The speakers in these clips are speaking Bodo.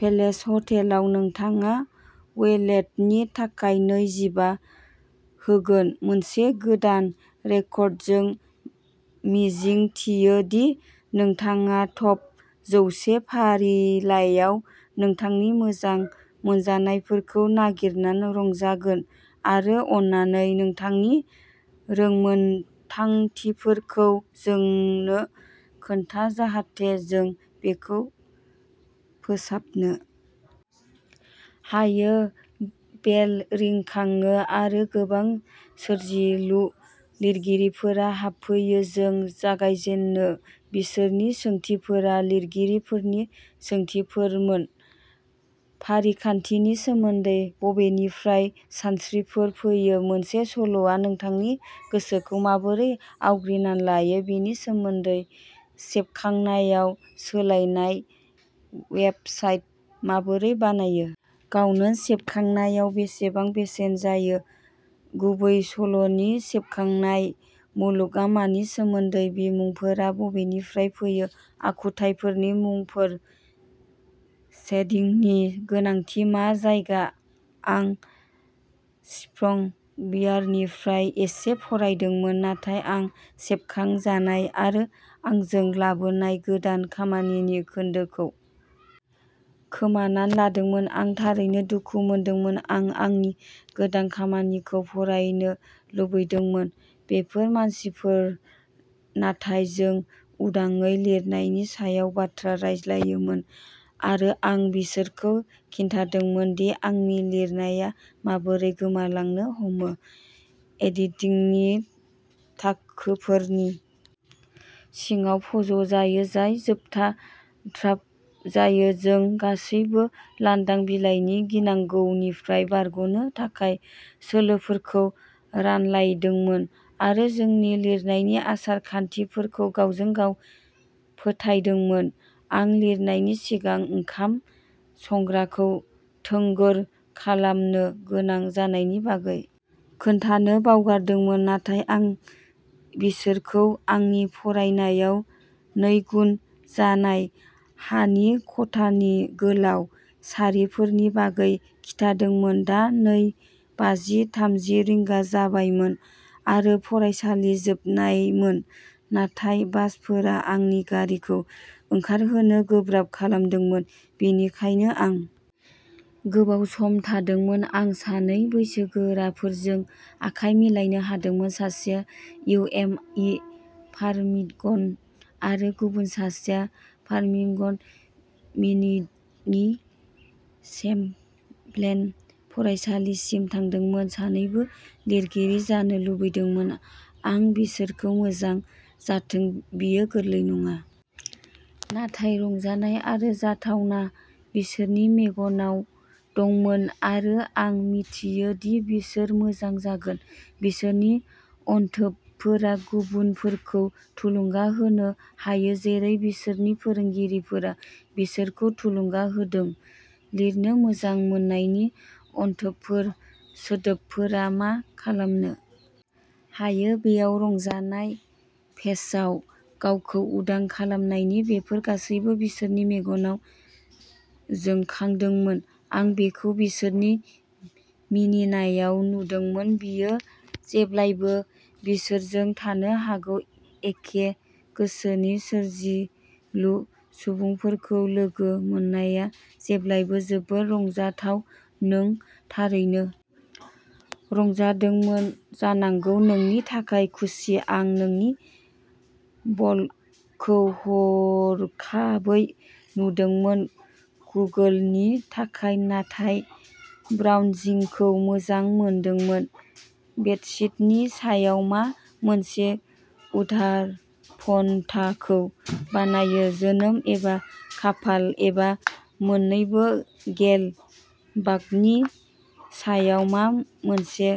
पेलेस ह'टेलाव नोंथाङा वैलेटनि थाखाय नै जिबा होगोन मोनसे गोदान रेकर्ड जों मिजिंथियो दि नोंथाङा टप जौसे फारिलाइयाव नोंथांनि मोजां मोनजानायफोरखौ नागिरनानै रंजागोन आरो अन्नानै नोंथांनि रोंमोनथांथिफोरखौ जोंनो खोन्था जाहाथे जों बेखौ फोसाबनो हायो बेल रिंखाङो आरो गोबां सोरजिलु लिरगिरिफोरा हाबफैयो जों जागायजेनो बिसोरनि सोंथिफोरा लिरगिरिफोरनि सोंथिफोरमोन फारिखान्थिनि सोमोन्दै बबेनिफ्राय सानस्रिफोर फैयो मोनसे सल'आ नोंथांनि गोसोखौ माबोरै आवग्रिना लायो बेनि सोमोन्दै सेबखांनायाव सोलायनाय वेबसाइट माबोरै बानायो गावनो सेबखांनायाव बेसेबां बेसेन जायो गुबैसल'नि सेबखांनाय मुलुगआ मानि सोमोन्दै बिमुंफोरा बबेनिफ्राय फैयो आखुथाइफोरनि मुंफोर सेदिंनि गोनांथि मा जायगा आं स्प्रं बियारनिफ्राय एसे फरायदोंमोन नाथाय आं सेबखांजानाय आरो आंजों लाबोनाय गोदान खामानिनि खोन्दोखौ खोमाना लादोंमोन आं थारैनो दुखु मोनदोंमोन आं आंनि गोदान खामानिखौ फरायनो लुबैदोंमोन बेफोर मानसिफोर नाथाय जों उदाङै लिरनायनि सायाव बाथ्रा रायज्लायोमोन आरो आं बिसोरखौ खिन्थादोंमोन दि आंनि लिरनाया माबोरै गोमालांनो हमो एडिटिंगनि थाखोफोरनि सिङाव फज'जायो जाय जोबथा ड्राफ्ट जायो जों गासिबो लांदां बिलाइनि गिनांगौनिफ्राय बारग'नो थाखाय सोलोफोरखौ रानलायदोंमोन आरो जोंनि लिरनायनि आसार खान्थिफोरखौ गावजों गाव फोथायदोंमोन आं लिरनायनि सिगां ओंखाम संग्राखौ थोंगोर खालामनो गोनां जानायनि बागै खोन्थानो बावगारदोंमोन नाथाय आं बिसोरखौ आंनि फरायनायाव नैगुन जानाय हानि खथानि गोलाव सारिफोरनि बागै खिथादोंमोन दा नै बाजि थामजि रिंगा जाबायमोन आरो फरायसालि जोबनायमोन नाथाय बासफोरा आंनि गारिखौ ओंखारहोनो गोब्राब खालामदोंमोन बेनिखायनो आं गोबाव सम थादोंमोन आं सानै बैसोगोराफोरजों आखाय मिलायनो हादोंमोन सासेया इउ एम इ फार्मिंगन आरो गुबुन सासेया फार्मिंगन मिनिटनि चेम्प्लेन फरायसालिमासिम थांदोंमोन सानैबो लिरगिरि जानो लुबैदोंमोन आं बिसोरखौ मोजां जाथों बेयो गोरलै नङा नाथाय रंजानाय आरो जाथावना बिसोरनि मेगनाव दंमोन आरो आं मिथियो दि बिसोर मोजां जागोन बिसोरनि अनथोबफोरा गुबुनफोरखौ थुलुंगा होनो हायो जेरै बिसोरनि फोरोंगिरिफोरा बिसोरखौ थुलुंगा होदों लिरनो मोजां मोननायनि अनथोबफोर सोदोबफोरा मा खालामनो हायो बेयाव रंजानाय पेजआव गावखौ उदां खालामनायनि बेफोर गासैबो बिसोरनि मेगनाव जोंखांदोंमोन आं बेखौ बिसोरनि मिनिनायाव नुदोंमोन बेयो जेब्लायबो बिसोरजों थानो हागौ एखे गोसोनि सोरजिलु सुबुंफोरखौ लोगो मोननाया जेब्लायबो जोबोद रंजाथाव नों थारैनो रंजादोंमोन जानांगौ नोंनि थाखाय खुसि आं नोंनि बलगखौ हरखाबै नुदोंमोन गुगोलनि थाखाय नाथाय ब्राउनजिंखौ मोजां मोनदोंमोन बेट्सीटनि सायाव मा मोनसे उदारपन्थाखौ बानायो जोनोम एबा खाफाल एबा मोन्नैबो गेल बाकनि सायाव मा मोनसे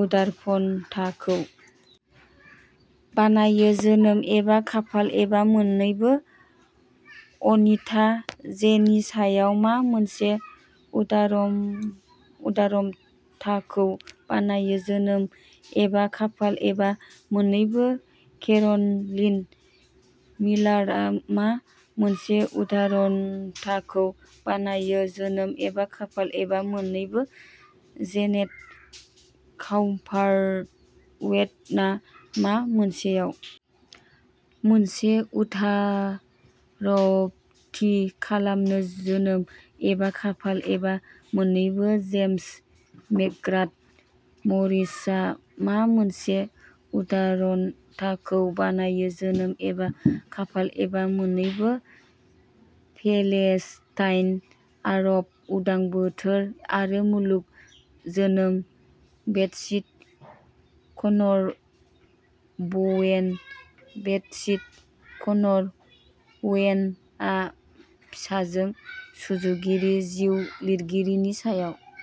उदारपन्थाखौ बानायो जोनोम एबा खाफाल एबा मोन्नैबो अनिता जेनि सायाव मा मोनसे उदारम उदारमथाखौ बानायो जोनोम एबा खाफाल एबा मोन्नैबो केर'नलिन मिलारआ मा मोनसे उदारन्थाखौ बानायो जोनोम एबा खाफाल एबा मोन्नैबो जेनेट काउभार्थवेटना मा मोनसेआव मोनसे उधारपथी खालामो जोनोम एबा खाफाल एबा मोननैबो जेम्स मेकग्राथ मरिसआ मा मोनसे उदारन्थाखौ बानायो जोनोम एबा खाफाल एबा मोन्नैबो पेलेस्टाइन आरब उदां बोथोर आरो मुलुग जोनोम-बेट्सीठ कनर बवेन बेट्सीट कनर वेनआ फिसाजों सुजुगिरि जिउ लिरगिरिनि सायाव